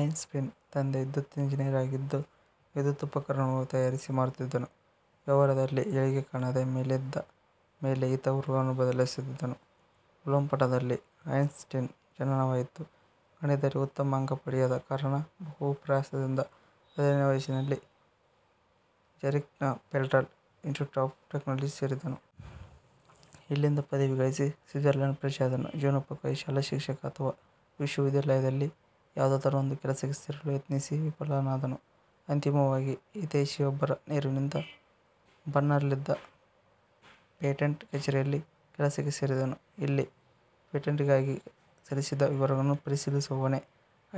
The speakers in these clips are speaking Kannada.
ಐನ್ ಸ್ಟೀನ್ ತಂದೆ ವಿದ್ಯುತ್ ಇಂಜಿನಿಯರ್ ಆಗಿದ್ದು ವಿದ್ಯುತ್ ಉಪಕರಣಗಳನ್ನು ತಯಾರಿಸಿ ಮಾರುತ್ತಿದ್ದನು. ವ್ಯವಹಾರದಲ್ಲಿ ಏಳ್ಗೆ ಕಾಣದೆ, ಮೇಲಿಂದ ಮೇಲೆ ಈತ ಊರುಗಳನ್ನು ಬದಲಾಯಿಸುತ್ತಿದ್ದನು. ಉಲ್ಮ್ ಪಟ್ಟಣದಲ್ಲಿ ಐನ್ಸ್ ಟೀನ್ನ ಜನನವಾಯಿತು. ಗಣಿತದಲ್ಲಿ ಉತ್ತಮ ಅಂಕ ಪಡೆಯದ ಕಾರಣ, ಬಹು ಪ್ರಯಾಸದಿಂದ ಹದಿನೇಳನೇ ವಯಸ್ಸಿನಲ್ಲಿ ಝೂರಿಕ್ನ ಫೆಡರಲ್ ಇನ್ಸ್ಟಿಟ್ಯೂಟ್ ಆಫ್ ಟೆಕ್ನಾಲಜಿ ಸೇರಿದನು. ಇಲ್ಲಿಂದ ಪದವಿ ಗಳಿಸಿ ಸ್ವಿಟ್ಸರ್ಲ್ಯಾಂಡ್ ಪ್ರಜೆಯಾದನು. ಜೀವನೋಪಾಯಕ್ಕಾಗಿ ಶಾಲಾ ಶಿಕ್ಷಕ ಅಥವಾ ವಿಶ್ವವಿದ್ಯಾಲಯದಲ್ಲಿ ಯಾವುದಾದರೊಂದು ಕೆಲಸಕ್ಕೆ ಸೇರಲು ಯತ್ನಿಸಿ ವಿಫಲನಾದನು. ಅಂತಿಮವಾಗಿ ಹಿತೈಷಿಯೊಬ್ಬರ ನೆರವಿನಿಂದ ಬರ್ನ್ನಲ್ಲಿದ್ದ ಪೇಟೆಂಟ್ ಕಛೇರಿಯಲ್ಲಿ ಕೆಲಸಕ್ಕೆ ಸೇರಿದನು. ಇಲ್ಲಿ ಪೇಟೆಂಟ್ಗಾಗಿ ಸಲ್ಲಿಸಿದ ವಿವರಗಳನ್ನು ಪರಿಶೀಲಿಸುವ ಹೊಣೆ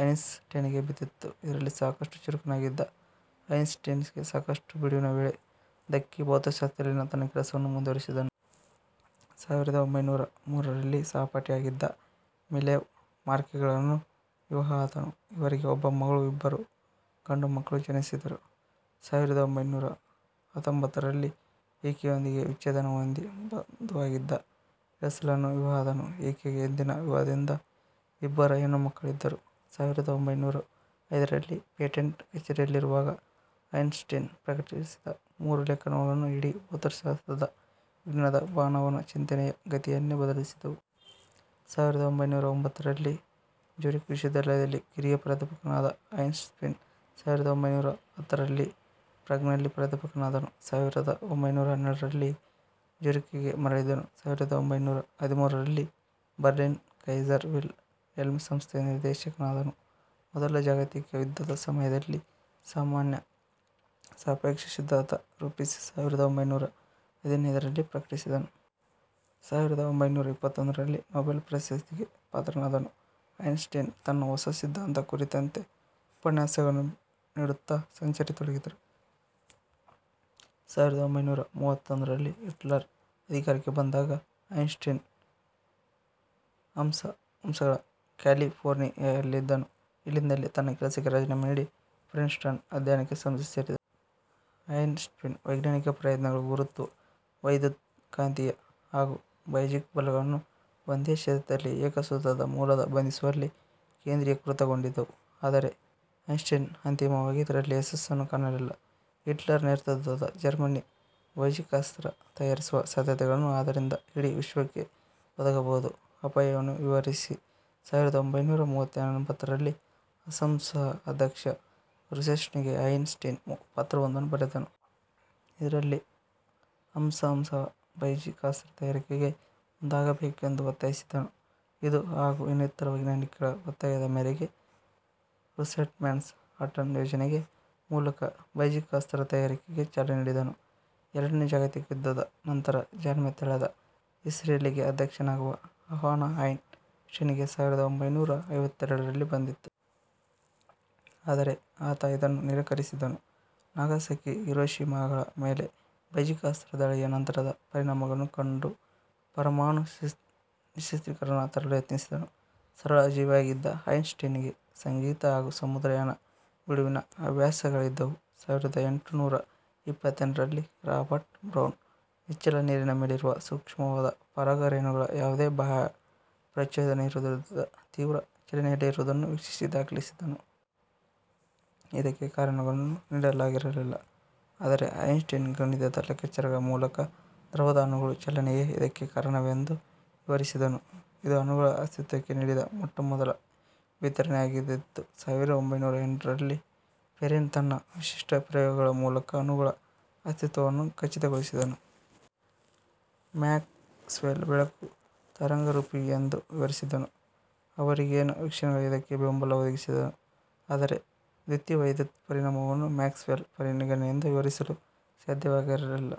ಐನ್ಸ್ ಟೀನ್ಗೆ ಬಿದ್ದಿತು. ಇದರಲ್ಲಿ ಸಾಕಷ್ಟು ಚುರುಕಾಗಿದ್ದ ಐನ್ಸ್ ಟೀನ್ಗೆ ಸಾಕಷ್ಟು ಬಿಡುವಿನ ವೇಳೆ ದಕ್ಕಿ ಭೌತಶಾಸ್ತ್ರದಲ್ಲಿನ ತನ್ನ ಕೆಲಸಗಳನ್ನು ಮುಂದುವರೆಸಿದನು. ಸಾವಿರದ ಒಂಭೈನೂರ ಮೂರರಲ್ಲಿ ಸಹಪಾಠಿಯಾಗಿದ್ದ ಮಿಲೆವಾ ಮಾರಿಕ್ಗಳನ್ನು ವಿವಾಹವಾದನು. ಇವರಿಗೆ ಒಬ್ಬ ಮಗಳು, ಇಬ್ಬರು ಗಂಡು ಮಕ್ಕಳು ಜನಿಸಿದರು. ಸಾವಿರದ ಒಂಭೈನೂರ ಹತ್ತೊಂಬತ್ತರಲ್ಲಿ ಈಕೆಯೊಂದಿಗೆ ವಿಚ್ಛೇದನ ಹೊಂದಿ, ಬಂಧುವಾಗಿದ್ದ ಎಲ್ಸಾಳನ್ನು ವಿವಾಹವಾದನು. ಈಕೆಗೆ ಹಿಂದಿನ ವಿವಾಹದಿಂದ ಇಬ್ಬರು ಹೆಣ್ಣುಮಕ್ಕಳಿದ್ದರು. ಸಾವಿರದ ಒಂಭೈನೂರ ಐದರಲ್ಲಿ ಪೇಟೆಂಟ್ ಕಛೇರಿಯಲ್ಲಿರುವಾಗ ಐನ್ ಸ್ಟೀನ್ ಪ್ರಕಟಿಸಿದ ಮೂರು ಲೇಖನಗಳು ಇಡೀ ಭೌತಶಾಸ್ತ್ರದ, ವಿಜ್ಞಾನದ, ಮಾನವನ ಚಿಂತನೆಯ ಗತಿಯನ್ನೇ ಬದಲಿಸಿದವು. ಸಾವಿರದ ಒಂಭೈನೂರ ಒಂಭತ್ತರಲ್ಲಿ ಝೂರಿಕ್ ವಿಶ್ವವಿದ್ಯಾಲಯದಲ್ಲಿ ಕಿರಿಯ ಪ್ರಾಧ್ಯಾಪಕನಾದ ಐನ್ ಸ್ಟೀನ್ ಸಾವಿರದ ಒಂಭೈನೂರ ಹತ್ತರಲ್ಲಿ ಪ್ರಾಗ್ನಲ್ಲಿ ಪ್ರಾಧ್ಯಾಪಕನಾದನು. ಸಾವಿರದ ಒಂಭೈನೂರ ಹನ್ನೆರಡರಲ್ಲಿ ಝೂರಿಕ್ಗೆ ಮರಳಿದನು. ಸಾವಿರದ ಒಂಭೈನೂರ ಹದಿಮೂರರಲ್ಲಿ ಬರ್ಲಿನ್ನ ಕೈಸರ್ ವಿಲ್ ಹೆಲ್ಮ್ ಸಂಸ್ಥೆಯ ನಿರ್ದೇಶಕನಾದನು. ಮೊದಲ ಜಾಗತಿಕ ಯುದ್ಧದ ಸಮಯದಲ್ಲಿ ಸಾಮಾನ್ಯ ಸಾಪೇಕ್ಷ ಸಿದ್ಧಾಂತ ರೂಪಿಸಿ ಸಾವಿರದ ಒಂಭೈನೂರ ಹದಿನೈದರಲ್ಲಿ ಪ್ರಕಟಿಸಿದನು. ಸಾವಿರದ ಒಂಭೈನೂರ ಇಪ್ಪತ್ತೊಂದರಲ್ಲಿ ನೊಬೆಲ್ ಪ್ರಶಸ್ತಿಗೆ ಪಾತ್ರನಾದನು. ಐನ್ ಸ್ಟೀನ್, ತನ್ನ ಹೊಸ ಸಿದ್ಧಾಂತ ಕುರಿತಾದಂತೆ ಉಪನ್ಯಾಸಗಳನ್ನು ನೀಡುತ್ತಾ ಸಂಚರಿಸತೊಡಗಿದನು. ಸಾವಿರದ ಒಂಭೈನೂರ ಮೂವತ್ಮೂರರಲ್ಲಿ ಹಿಟ್ಲರ್ ಅಧಿಕಾರಕ್ಕೆ ಬಂದಾಗ ಐನ್ ಸ್ಟೀನ್ ಅಸಂಸಂಗಳ ಕ್ಯಾಲಿಫೋರ್ನಿಯಾದಲ್ಲಿದ್ದನು. ಇಲ್ಲಿಂದಲೇ ತನ್ನ ಕೆಲಸಕ್ಕೆ ರಾಜಿನಾಮೆ ನೀಡಿ, ಪ್ರಿನ್ ಸ್ಟನ್ನ ಅಧ್ಯಯನ ಸಂಸ್ಥೆ ಸೇರಿದನು. ಐನ್ ಸ್ಟೀನ್ನ ವೈಜ್ಞಾನಿಕ ಪ್ರಯತ್ನಗಳು ಗುರುತ್ವ, ವೈದ್ಯುತ್ ಕಾಂತೀಯ ಹಾಗೂ ಬೈಜಿಕ ಬಲಗಳನ್ನು ಒಂದೇ ಕ್ಷೇತ್ರದಲ್ಲಿ ಏಕ ಸೂತ್ರದ ಮೂಲಕ ಬಂಧಿಸುವಲ್ಲಿ ಕೇಂದ್ರಿಕೃತಗೊಂಡಿದ್ದವು. ಆದರೆ ಐನ್ಸ್ಟೀನ್ ಅಂತಿಮವಾಗಿ ಇದರಲ್ಲಿ ಯಶಸ್ಸನ್ನು ಕಾಣಲಿಲ್ಲ. ಹಿಟ್ಲರ್ ನೇತೃತ್ವದ ಜರ್ಮನಿ ಬೈಜಿಕಾಸ್ತ್ರ ತಯಾರಿಸುವ ಸಾಧ್ಯತೆಗಳನ್ನು ಅದರಿಂದ ಇಡೀ ವಿಶ್ವಕ್ಕೆ ಒದಗಬಹುದಾದ ಅಪಾಯವನ್ನು ವಿವರಿಸಿ, ಸಾವಿರದ ಒಂಭೈನೂರ ಮೂವತೊಂಬತ್ತರಲ್ಲಿ ಅಸಂಸಂ ಅಧ್ಯಕ್ಷ ರೂಸ್ವೆಲ್ಟ್ ಗೆ ಐನ್ ಸ್ಟೀನ್ ಪತ್ರವೊಂದನ್ನು ಬರೆದನು. ಇದರಲ್ಲಿ ಅಸಂಸಂ ಬೈಜಿಕಾಸ್ತ್ರ ತಯಾರಿಕೆಗೆ ಮುಂದಾಗಬೇಕೆಂದು ಒತ್ತಾಯಿಸಿದ್ದನು. ಇದು ಹಾಗೂ ಇನ್ನಿತರ ವಿಜ್ಞಾನಿಗಳ ಒತ್ತಾಯದ ಮೇರೆಗೆ ರೂಸ್ವೆಲ್ಟ್ ಮ್ಯಾನ್ ಹಟನ್ ಯೋಜನೆಯ ಮೂಲಕ ಬೈಜಿಕಾಸ್ತ್ರ ತಯಾರಿಕೆಗೆ ಚಾಲನೆ ನೀಡಿದನು. ಎರಡನೇ ಜಾಗತಿಕ ಯುದ್ದದ ನಂತರ ಜನ್ಮ ತಳೆದ ಇಸ್ರೇಲ್ಗೆ ಅಧ್ಯಕ್ಷನಾಗುವ ಆಹ್ವಾನ ಐನ್ ಸ್ಟೀನ್ಗೆ ಸಾವಿರದ ಒಂಭೈನೂರ ಐವತ್ತೆರಡರಲ್ಲಿ ಬಂದಿತು. ಆದರೆ ಆತ ಇದನ್ನು ನಿರಾಕರಸಿದನು. ನಾಗಸಾಕಿ, ಹಿರೋಷಿಮಾಗಳ ಮೇಲೆ ಬೈಜಿಕಾಸ್ತ್ರ ದಾಳಿಯ ನಂತರದ ಪರಿಣಾಮಗಳನ್ನು ಕಂಡು ಪರಮಾಣು ನಿಶ್ಯಸ್ತ್ರೀಕರಣ ತರಲು ಯತ್ನಿಸಿದನು. ಸರಳ ಜೀವಿಯಾಗಿದ್ದ ಐನ್ ಸ್ಟೀನ್ ಗೆ ಸಂಗೀತ ಹಾಗೂ ಸಮುದ್ರಯಾನ ಬಿಡುವಿನ ಹವ್ಯಾಸಗಳಾಗಿದ್ದವು. ಸಾವಿರದ ಎಂಟು ನೂರ ಇಪ್ಪತ್ತೆಂಟರಲ್ಲಿ ರಾಬರ್ಟ್ ಬ್ರೌನ್, ನಿಶ್ಚಲ ನೀರಿನ ಮೇಲಿರುವ ಸೂಕ್ಷ್ಮವಾದ ಪರಾಗ ರೇಣುಗಳು ಯಾವುದೇ ಬಾಹ್ಯ ಪ್ರಚೋದನೆಯಿಲ್ಲದಿದ್ದರೂ, ತೀವ್ರ ಚಲನೆಯಲ್ಲಿರುವುದನ್ನು ವೀಕ್ಷಿಸಿ ದಾಖಲಿಸಿದ್ದನು. ಇದಕ್ಕೆ ಕಾರಣಗಳನ್ನು ನೀಡಲಾಗಿರಲಿಲ್ಲ.. ಆದರೆ ಐನ್ ಸ್ಟೀನ್ ಗಣಿತದ ಲೆಕ್ಕಾಚಾರಗಳ ಮೂಲಕ ದ್ರವದ ಅಣುಗಳ ಚಲನೆಯೇ ಇದಕ್ಕೆ ಕಾರಣವೆಂದು ವಿವರಿಸಿದನು. ಇದು ಅಣುಗಳ ಅಸ್ತಿತ್ವಕ್ಕೆ ನೀಡಿದ ಮೊಟ್ಟ ಮೊದಲ ವಿವರಣೆಯಾಗಿದ್ದಿತು. ಸಾವಿರದ ಒಂಭೈನೂರ ಎಂಟರಲ್ಲಿ ಪೆರಿನ್ ತನ್ನ ವಿಶಿಷ್ಟ ಪ್ರಯೋಗಗಳ ಮೂಲಕ ಅಣುಗಳ ಅಸ್ತಿತ್ವವನ್ನು ಖಚಿತಗೊಳಿಸಿದನು. ಮ್ಯಾಕ್ ಸ್ವೆಲ್ ಬೆಳಕು ತರಂಗರೂಪಿಯೆಂದು ವಿವರಿಸಿದ್ದನು. ಆವರೆಗಿನ ವೀಕ್ಷಣೆಗಳು ಇದಕ್ಕೆ ಬೆಂಬಲ ಒದಗಿಸಿದ್ದವು. ಆದರೆ ದ್ಯುತಿವೈದ್ಯುತ್ ಪರಿಣಾಮವನ್ನು ಮ್ಯಾಕ್ಸ್'ವೆಲ್ ಪರಿಗಣನೆಯಿಂದ ವಿವರಿಸಲು ಸಾಧ್ಯವಾಗಿರಲಿಲ್ಲ,.